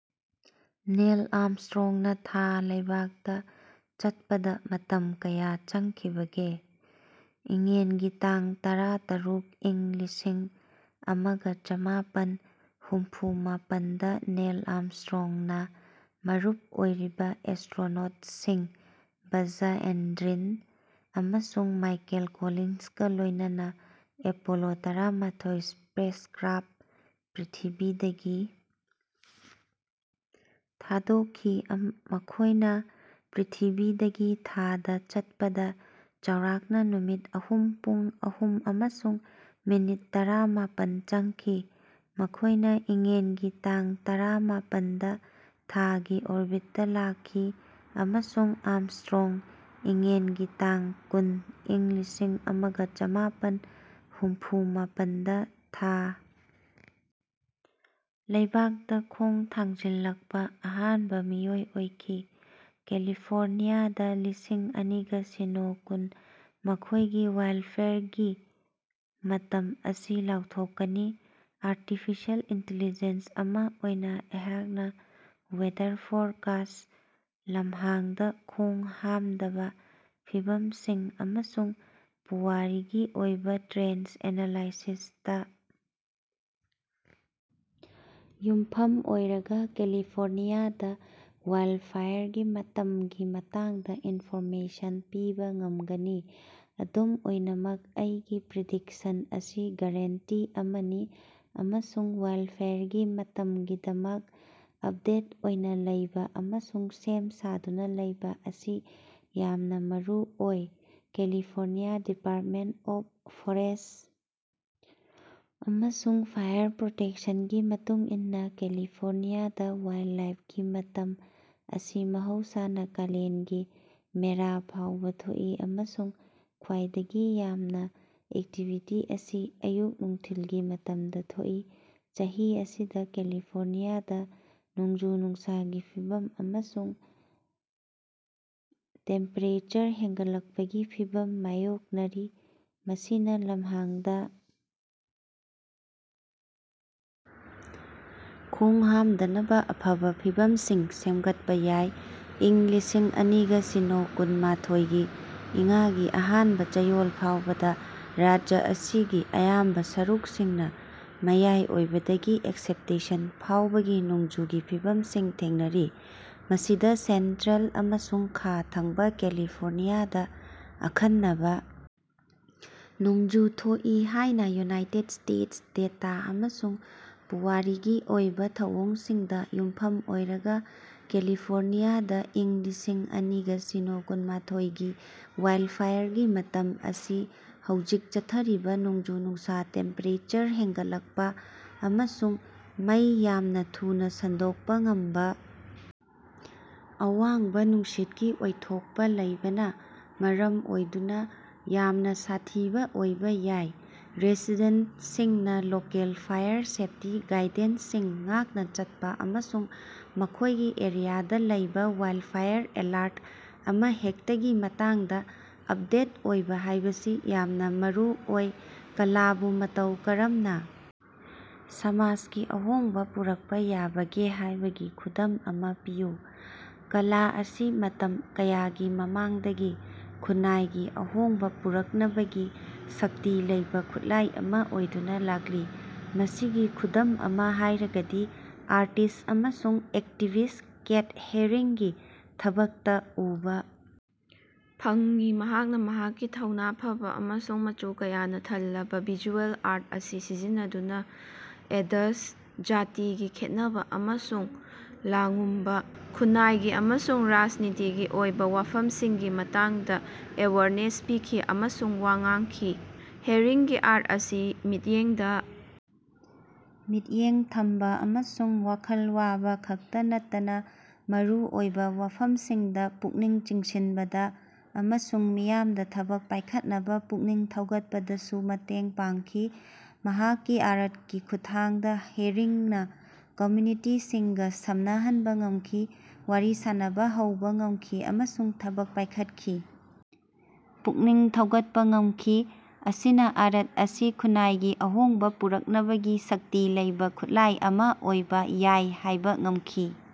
Neil ꯑꯥꯔꯝꯁꯇ꯭ꯔꯣꯡꯅ ꯊꯥ ꯂꯩꯕꯥꯛꯇ ꯆꯠꯄꯗ ꯃꯇꯝ ꯀꯌꯥ ꯆꯪꯈꯤꯕꯒꯦ? ꯏꯉꯦꯟꯒꯤ ꯇꯡ ꯇꯔꯥ-ꯇꯔꯨꯛ, ꯏꯪ ꯂꯤꯁꯤꯡ ꯑꯃꯒ ꯆꯃꯥꯄꯟ ꯍꯨꯝꯐꯨ ꯃꯥꯄꯟ ꯗꯥ ꯅꯤꯌꯦꯜ ꯑꯥꯔꯝꯁꯇ꯭ꯔꯣꯡꯅ ꯃꯔꯨꯞ ꯑꯣꯏꯔꯤꯕ ꯑꯦꯁ꯭ꯇꯔꯣꯅꯣꯠꯁꯤꯡ ꯕꯖ ꯑꯦꯜꯗ꯭ꯔꯤꯟ ꯑꯃꯁꯨꯡ ꯃꯥꯏꯀꯦꯜ ꯀꯣꯂꯤꯟꯁꯀ ꯂꯣꯏꯅꯅ ꯑꯦꯄꯣꯂꯣ ꯇꯔꯥꯃꯊꯣꯏ ꯁ꯭ꯄꯦꯁꯀ꯭ꯔꯥꯐꯠꯇ ꯄ꯭ꯔꯤꯊꯤꯕꯤꯗꯒꯤ ꯊꯥꯗꯣꯛꯈꯤ꯫ ꯃꯈꯣꯏꯅ ꯄ꯭ꯔꯤꯊꯤꯕꯤꯗꯒꯤ ꯊꯥꯗ ꯆꯠꯄꯗ ꯆꯥꯎꯔꯥꯛꯅ ꯅꯨꯃꯤꯠ ꯑꯍꯨꯝ, ꯄꯨꯡ ꯑꯍꯨꯝ ꯑꯃꯁꯨꯡ ꯃꯤꯅꯤꯠ ꯇꯔꯥꯃꯥꯄꯟ ꯆꯪꯈꯤ꯫ ꯃꯈꯣꯏꯅ ꯏꯉꯦꯟꯒꯤ ꯇꯥꯡ ꯇꯔꯥꯃꯥꯄꯟꯗ ꯊꯥꯒꯤ ꯑꯣꯔꯕꯤꯠꯇ ꯂꯥꯛꯈꯤ ꯑꯃꯁꯨꯡ ꯑꯥꯔꯝꯁꯇ꯭ꯔꯣꯡꯅ ꯏꯉꯦꯟꯒꯤ ꯇꯥꯡ ꯀꯨꯟ, ꯏꯪ ꯂꯤꯁꯤꯡ ꯑꯃꯒ ꯆꯃꯥꯄꯟ ꯍꯨꯝꯐꯨ ꯃꯥꯄꯟꯗ ꯊꯥ ꯂꯩꯕꯥꯛꯇ ꯈꯣꯡ ꯊꯥꯡꯖꯤꯜꯂꯛꯄ ꯑꯍꯥꯟꯕ ꯃꯤꯑꯣꯏ ꯑꯣꯏꯈꯤ꯫ ꯀꯦꯂꯤꯐꯣꯔꯅꯤꯌꯥꯗ ꯏꯪ ꯂꯤꯁꯤꯡ ꯑꯅꯤꯒ ꯁꯤꯅꯣ ꯀꯨꯟ ꯃꯥꯊꯣꯏ ꯒꯤ ꯋꯥꯏꯜꯗꯐꯥꯏꯌꯔꯒꯤ ꯃꯇꯝ ꯑꯁꯤ ꯂꯥꯎꯊꯣꯛꯀꯅꯤ꯫ ꯑꯥꯔꯇꯤꯐꯤꯁꯤꯌꯦꯜ ꯏꯟꯇꯦꯂꯤꯖꯦꯟꯁ ꯑꯃꯥ ꯑꯣꯏꯅ ꯑꯩꯍꯥꯛꯅ ꯋꯦꯗꯔ ꯐꯣꯔꯀꯥꯁꯠ, ꯂꯝꯍꯥꯡꯗ ꯈꯣꯡꯍꯥꯝꯗꯕ ꯐꯤꯚꯃꯁꯤꯡ, ꯑꯃꯁꯨꯡ ꯄꯨꯋꯥꯔꯤꯒꯤ ꯑꯣꯏꯕ ꯇ꯭ꯔꯦꯟꯗ ꯑꯦꯅꯂꯥꯏꯁꯤꯁꯇ ꯌꯨꯝꯐꯝ ꯑꯣꯏꯔꯒ ꯀꯦꯂꯤꯐꯣꯔꯅꯤꯌꯥꯗ ꯋꯥꯏꯜꯗꯐꯥꯏꯌꯔꯒꯤ ꯃꯇꯝꯒꯤ ꯃꯇꯥꯡꯗ ꯏꯟꯐꯣꯔꯃꯦꯁꯟ ꯄꯤꯕ ꯉꯝꯒꯅꯤ꯫ ꯑꯗꯨꯝ ꯑꯣꯏꯅꯃꯛ ꯑꯩꯒꯤ ꯄ꯭ꯔꯤꯗꯤꯛꯁꯟ ꯑꯁꯤ ꯒꯔꯦꯟꯇꯤ ꯑꯃꯅꯤ ꯑꯃꯁꯨꯡ ꯋꯥꯏꯜꯗꯐꯥꯏꯌꯔꯒꯤ ꯃꯇꯝꯒꯤꯗꯃꯛ ꯑꯞꯗꯦꯠ ꯑꯣꯏꯅ ꯂꯩꯕ ꯑꯃꯁꯨꯡ ꯁꯦꯝ ꯁꯥꯗꯨꯅ ꯂꯩꯕ ꯑꯁꯤ ꯌꯥꯝꯅ ꯃꯔꯨꯑꯣꯏ꯫ ꯀꯦꯂꯤꯐꯣꯔꯅꯤꯌꯥ ꯗꯤꯄꯥꯔꯠꯃꯦꯟꯇ ꯑꯣꯐ ꯐꯣꯔꯦꯁꯠ ꯑꯃꯁꯨꯡ ꯐꯥꯏꯌꯔ ꯄ꯭ꯔꯣꯇꯦꯛꯁꯟꯒꯤ ꯃꯇꯨꯡꯏꯟꯅ ꯀꯦꯂꯤꯐꯣꯔꯅꯤꯌꯥꯗ ꯋꯥꯏꯜꯗꯐꯥꯏꯌꯔꯒꯤ ꯃꯇꯝ ꯑꯁꯤ ꯃꯍꯧꯁꯥꯅ ꯀꯂꯦꯟꯗꯒꯤ ꯃꯦꯔꯥ ꯐꯥꯎꯕ ꯊꯣꯛꯏ, ꯑꯃꯁꯨꯡ ꯈ꯭ꯋꯥꯏꯗꯒꯤ ꯌꯥꯝꯅ ꯑꯦꯛꯇꯤꯚꯤꯇꯤ ꯑꯁꯤ ꯑꯌꯨꯛ-ꯅꯨꯡꯊꯤꯜꯒꯤ ꯃꯇꯝꯗ ꯊꯣꯛꯏ꯫ ꯆꯍꯤ ꯑꯁꯤꯗ ꯀꯦꯂꯤꯐꯣꯔꯅꯤꯌꯥꯗ ꯅꯣꯡꯖꯨ-ꯅꯨꯡꯁꯥꯒꯤ ꯐꯤꯚꯝ ꯑꯃꯁꯨꯡ ꯇꯦꯝꯄꯦꯔꯦꯆꯔ ꯍꯦꯟꯒꯠꯂꯛꯄꯒꯤ ꯐꯤꯚꯝ ꯃꯥꯌꯣꯛꯅꯔꯤ꯫ ꯃꯁꯤꯅ ꯂꯝꯍꯥꯡꯗ ꯈꯣꯡꯍꯥꯝꯗꯅꯕ ꯑꯐꯕ ꯐꯤꯚꯝꯁꯤꯡ ꯁꯦꯝꯒꯠꯄ ꯌꯥꯏ꯫ ꯏꯪ ꯂꯤꯁꯤꯡ ꯑꯅꯤꯒ ꯁꯤꯅꯣ ꯀꯨꯟ ꯃꯥꯊꯣꯏꯒꯤ ꯏꯉꯥꯒꯤ ꯑꯍꯥꯟꯕ ꯆꯌꯣꯜ ꯐꯥꯎꯕꯗ ꯔꯥꯖ꯭ꯌ ꯑꯁꯤꯒꯤ ꯑꯌꯥꯝꯕ ꯁꯔꯨꯛꯁꯤꯡꯅ ""ꯃꯌꯥꯏ ꯑꯣꯏꯕ""ꯗꯒꯤ ""ꯑꯦꯛꯁꯦꯞꯇꯦꯟꯁ"" ꯐꯥꯎꯕꯒꯤ ꯅꯣꯡꯖꯨꯒꯤ ꯐꯤꯕꯝꯁꯤꯡ ꯊꯦꯡꯅꯔꯤ꯫ ꯃꯁꯤꯗ ꯁꯦꯟꯇ꯭ꯔꯦꯜ ꯑꯃꯁꯨꯡ ꯈꯥ ꯊꯪꯕ ꯀꯦꯂꯤꯐꯣꯔꯅꯤꯌꯥꯗ ꯑꯈꯟꯅꯕ ꯅꯣꯡꯖꯨ ꯊꯣꯛꯏ ꯍꯥꯌꯅ ꯌꯨꯅꯥꯏꯇꯦꯗ ꯁ꯭ꯇꯦꯗꯁ ꯗꯦꯇꯥ ꯑꯃꯁꯨꯡ ꯄꯨꯋꯥꯔꯤꯒꯤ ꯑꯣꯏꯕ ꯊꯧꯑꯣꯡꯁꯤꯡꯗ ꯌꯨꯝꯐꯝ ꯑꯣꯏꯔꯒ ꯀꯦꯂꯤꯐꯣꯔꯅꯤꯌꯥꯗ ꯏꯪ ꯂꯤꯁꯤꯡ ꯑꯅꯤꯒ ꯁꯤꯅꯣ ꯀꯨꯟ ꯃꯥꯊꯣꯏꯒꯤ ꯋꯥꯏꯜꯗꯐꯥꯏꯌꯔꯒꯤ ꯃꯇꯝ ꯑꯁꯤ ꯍꯧꯖꯤꯛ ꯆꯠꯊꯔꯤꯕ ꯅꯣꯡꯖꯨ-ꯅꯨꯡꯁꯥ, ꯇꯦꯝꯄꯦꯔꯦꯆꯔ ꯍꯦꯉꯠꯂꯛꯄ, ꯑꯃꯁꯨꯡ ꯃꯩ ꯌꯥꯝꯅ ꯊꯨꯅ ꯁꯟꯗꯣꯛꯄ ꯉꯝꯕ ꯑꯋꯥꯡꯕ ꯅꯨꯡꯁꯤꯠꯀꯤ ꯑꯣꯏꯊꯣꯛꯄ ꯂꯩꯕꯅ ꯃꯔꯝ ꯑꯣꯏꯗꯨꯅ ꯌꯥꯝꯅ ꯁꯥꯊꯤꯕ ꯑꯣꯏꯕ ꯌꯥꯏ꯫ ꯔꯦꯁꯤꯗꯦꯟꯇꯁꯤꯡꯅ ꯂꯣꯀꯦꯜ ꯐꯥꯏꯌꯔ ꯁꯦꯐꯇꯤ ꯒꯥꯏꯗꯂꯥꯏꯟꯁꯤꯡ ꯉꯥꯛꯅ ꯆꯠꯄ ꯑꯃꯁꯨꯡ ꯃꯈꯣꯏꯒꯤ ꯑꯦꯔꯤꯌꯥꯗ ꯂꯩꯕ ꯋꯥꯏꯜꯗꯐꯥꯏꯌꯔ ꯑꯦꯂꯔꯠ ꯑꯃꯍꯦꯛꯇꯒꯤ ꯃꯇꯥꯡꯗ ꯑꯞꯗꯦꯠ ꯑꯣꯏꯕ ꯍꯥꯏꯕꯁꯤ ꯌꯥꯝꯅ ꯃꯔꯨꯑꯣꯏ꯫ ꯀꯂꯥꯕꯨ ꯃꯇꯧ ꯀꯔꯝꯅ ꯁꯃꯥꯖꯒꯤ ꯑꯍꯣꯡꯕ ꯄꯨꯔꯛꯄ ꯌꯥꯕꯒꯦ ꯍꯥꯏꯕꯒꯤ ꯈꯨꯗꯝ ꯑꯃꯥ ꯄꯤꯌꯨ꯫ ꯀꯂꯥ ꯑꯁꯤ ꯃꯇꯝ ꯀꯌꯥꯒꯤ ꯃꯃꯥꯡꯗꯒꯤ ꯈꯨꯟꯅꯥꯏꯒꯤ ꯑꯍꯣꯡꯕ ꯄꯨꯔꯛꯅꯕꯒꯤ ꯁꯛꯇꯤ ꯂꯩꯕ ꯈꯨꯠꯂꯥꯏ ꯑꯃ ꯑꯣꯏꯗꯨꯅ ꯂꯥꯛꯂꯤ꯫ ꯃꯁꯤꯒꯤ ꯈꯨꯗꯝ ꯑꯃ ꯍꯥꯏꯔꯒꯗꯤ ꯑꯥꯔꯇꯤꯁꯠ ꯑꯃꯁꯨꯡ ꯑꯦꯛꯇꯤꯚꯤꯁꯠ ꯀꯦꯊ ꯍꯦꯔꯤꯡꯒꯤ ꯊꯕꯛꯇ ꯎꯕ ꯐꯪꯉꯤ꯫ ꯃꯍꯥꯛꯅ ꯃꯍꯥꯛꯀꯤ ꯊꯧꯅ ꯐꯕ ꯑꯃꯁꯨꯡ ꯃꯆꯨ ꯀꯌꯥꯅ ꯊꯜꯂꯕ ꯚꯤꯖꯨꯑꯦꯜ ꯑꯥꯔꯠ ꯑꯁꯤ ꯁꯤꯖꯤꯟꯅꯗꯨꯅ ꯑꯦꯗꯁ, ꯖꯥꯇꯤꯒꯤ ꯈꯦꯟꯅꯕ, ꯑꯃꯁꯨꯡ ꯂꯥꯉꯨꯝꯕ ꯈꯨꯟꯅꯥꯏꯒꯤ ꯑꯃꯁꯨꯡ ꯔꯥꯖꯅꯤꯇꯤꯒꯤ ꯑꯣꯏꯕ ꯋꯥꯐꯝꯁꯤꯡꯒꯤ ꯃꯇꯥꯡꯗ ꯑꯦꯋꯦꯔꯅꯦꯁ ꯄꯤꯈꯤ ꯑꯃꯁꯨꯡ ꯋꯥ ꯉꯥꯡꯈꯤ꯫ ꯍꯦꯔꯤꯡꯒꯤ ꯑꯥꯔꯠ ꯑꯁꯤ ꯃꯤꯠꯌꯦꯡꯗ ꯃꯤꯠꯌꯦꯡ ꯊꯝꯕ ꯑꯃꯁꯨꯡ ꯋꯥꯈꯜ ꯋꯥꯕ ꯈꯛꯇ ꯅꯠꯇꯅ ꯃꯔꯨꯑꯣꯏꯕ ꯋꯥꯐꯝꯁꯤꯡꯗ ꯄꯨꯛꯅꯤꯡ ꯆꯤꯡꯁꯤꯟꯕꯗ ꯑꯃꯁꯨꯡ ꯃꯤꯌꯥꯝꯗ ꯊꯕꯛ ꯄꯥꯏꯈꯠꯅꯕ ꯄꯨꯛꯅꯤꯡ ꯊꯧꯒꯠꯄꯗꯁꯨ ꯃꯇꯦꯡ ꯄꯥꯡꯈꯤ꯫ ꯃꯍꯥꯛꯀꯤ ꯑꯥꯔꯠꯀꯤ ꯈꯨꯠꯊꯥꯡꯗ ꯍꯦꯔꯤꯡꯅ ꯀꯝꯃ꯭ꯌꯨꯅꯤꯇꯤꯁꯤꯡꯒ ꯁꯝꯅꯍꯟꯕ ꯉꯝꯈꯤ꯫ ꯋꯥꯔꯤ ꯁꯥꯟꯅꯕ ꯍꯧꯕ ꯉꯃꯈꯤ ꯑꯃꯁꯨꯡ ꯊꯕꯛ ꯄꯥꯏꯈꯠꯅꯕ ꯄꯨꯛꯅꯤꯡ ꯊꯧꯒꯠꯄ ꯉꯝꯈꯤ꯫ ꯃꯁꯤꯅ ꯑꯥꯔꯠ ꯑꯁꯤ ꯈꯨꯟꯅꯥꯏꯒꯤ ꯑꯍꯣꯡꯕ ꯄꯨꯔꯛꯅꯕꯒꯤ ꯁꯛꯇꯤ ꯂꯩꯕ ꯈꯨꯠꯂꯥꯏ ꯑꯃ ꯑꯣꯏꯕ ꯌꯥꯏ ꯍꯥꯌꯕ ꯎꯠꯈꯤ꯫